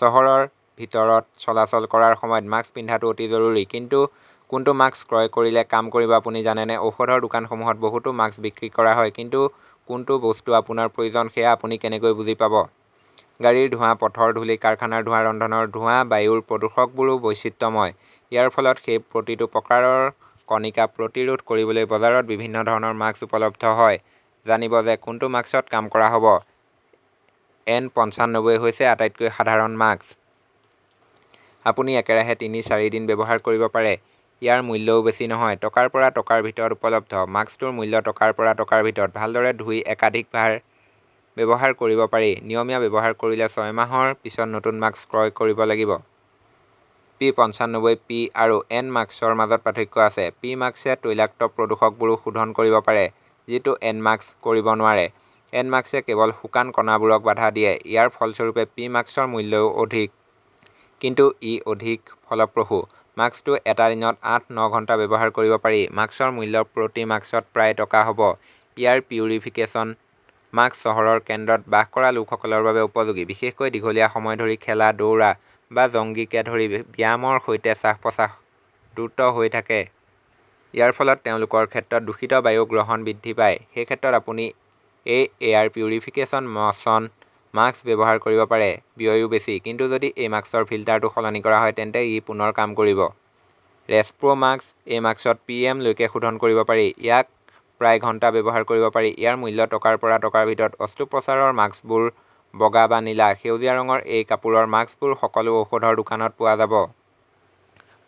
চহৰৰ ভিতৰত চলাচল কৰাৰ সময়ত মাস্ক পিন্ধাটো অতি জৰুৰী। কিন্তু কোনটো মাস্ক ক্ৰয় কৰিলে কাম কৰিব, আপুনি জানেনে? ঔষধৰ দোকানসমূহত বহুতো মাস্ক বিক্ৰী কৰা হয়। কিন্তু কোনটো বস্তু আপোনাৰ প্ৰয়োজন সেয়া আপুনি কেনেকৈ বুজি পাব? গাড়ীৰ ধোঁৱা, পথৰ ধূলি, কাৰখানাৰ ধোঁৱা, ৰন্ধনৰ ধোঁৱাবায়ুৰ প্ৰদূষকবোৰো বৈচিত্ৰ্যময়। ইয়াৰ ফলত সেই প্ৰতিটো প্ৰকাৰৰ কণিকা প্ৰতিৰোধ কৰিবলৈ বজাৰত বিভিন্ন ধৰণৰ মাস্ক উপলব্ধ হয়। জানিব যে কোনটো মাস্কত কাম কৰা হব। এন পঞ্চানব্বৈ হৈছে আটাইতকৈ সাধাৰণ মাস্ক। আপুনি একেৰাহে তিনি-চাৰিদিন ব্যৱহাৰ কৰিব পাৰে। ইয়াৰ মূল্যও বেছি নহয়। টকাৰ পৰা টকাৰ ভিতৰত উপলব্ধ। মাস্কটোৰ মূল্য টকাৰ পৰা টকাৰ ভিতৰত। ভালদৰে ধুই একাধিকবাৰ ব্যৱহাৰ কৰিব পাৰি। নিয়মীয়া ব্যৱহাৰ কৰিলে ছয় মাহৰ পিছত নতুন মাস্ক ক্ৰয় কৰিব লাগিব। পি পঞ্চানব্বৈ পি আৰু এন মাস্কৰ মাজত পাৰ্থক্য আছে। পি মাস্কে তৈলাক্ত প্ৰদূষকবোৰো শোধন কৰিব পাৰে, যিটো এন মাস্ক কৰিব নোৱাৰে। এন মাস্কে কেৱল শুকান কণাবোৰক বাধা দিয়ে। ইয়াৰ ফলস্বৰূপে পি মাস্কৰ মূল্যও অধিক। কিন্তু ই অধিক ফলপ্ৰসূ। মাস্কটো এটা দিনত আঠ-ন ঘণ্টা ব্যৱহাৰ কৰিব পাৰি। মাস্কৰ মূল্য প্ৰতি মাস্কত প্ৰায় টকা হব। এয়াৰ পিউৰিফিকেশ্যন মাস্ক চহৰৰ কেন্দ্ৰত বাস কৰা লোকসকলৰ বাবে উপযোগী। বিশেষকৈ দীঘলীয়া সময় ধৰি খেলা, দৌৰা বা জগিংকে ধৰি ব্যায়ামৰ সৈতে শ্বাস-প্ৰশ্বাস দ্ৰুত হৈ থাকে। ইয়াৰ ফলত তেওঁলোকৰ ক্ষেত্ৰত দূষিত বায়ু গ্ৰহণ বৃদ্ধি পায়। সেই ক্ষেত্ৰত আপুনি এই এয়াৰ পিউৰিফিকেশ্যন মশ্যন মাস্ক ব্যৱহাৰ কৰিব পাৰে। ব্যয়ও বেছি। কিন্তু যদি এই মাস্কৰ ফিল্টাৰটো সলনি কৰা হয় তেন্তে ই পুনৰ কাম কৰিব। ৰেচপ্ৰ 'মাস্ক এই মাস্কত পি. এম. লৈকে শোধন কৰিব পাৰি। ইয়াক প্ৰায় ঘণ্টা ব্যৱহাৰ কৰিব পাৰি। ইয়াৰ মূল্য টকাৰ পৰা টকাৰ ভিতৰত। অস্ত্ৰোপচাৰৰ মাস্কবোৰ বগা বা নীলা, সেউজীয়া ৰঙৰ এই কাপোৰৰ মাস্কবোৰ সকলো ঔষধৰ দোকানত পোৱা যাব।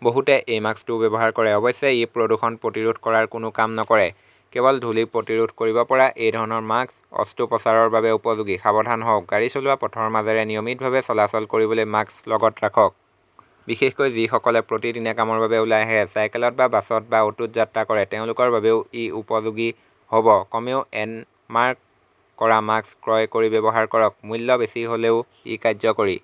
বহুতে এই মাস্কটোও ব্যৱহাৰ কৰে। অৱশ্যে, ই প্ৰদূষণ প্ৰতিৰোধ কৰাৰ কোনো কাম নকৰে। কেৱল ধূলি প্ৰতিৰোধ কৰিব পৰা এই ধৰণৰ মাস্ক অস্ত্ৰোপচাৰৰ বাবে উপযোগী। সাৱধান হওক। গাড়ী চলোৱা পথৰ মাজেৰে নিয়মিতভাৱে চলাচল কৰিবলৈ মাস্ক লগত ৰাখক। বিশেষকৈ যিসকলে প্ৰতিদিনে কামৰ বাবে ওলাই আহে, চাইকেলত বা বাছত বা অটোত যাত্ৰা কৰে তেওঁলোকৰ বাবেও ই উপযোগী হ 'ব। কমেও এন-মাৰ্ক কৰা মাস্ক ক্ৰয় কৰি ব্যৱহাৰ কৰক। মূল্য বেছি হলেও ই কাৰ্যকৰী।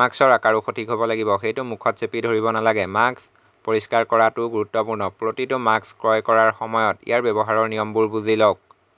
মাস্কৰ আকাৰো সঠিক হব লাগিব। সেইটো মুখত চেপি ধৰিব নালাগে। মাস্ক পৰিষ্কাৰ কৰাটোও গুৰুত্বপূৰ্ণ। প্ৰতিটো মাস্ক ক্ৰয় কৰাৰ সময়ত ইয়াৰ ব্যৱহাৰৰ নিয়মবোৰ বুজি লওক।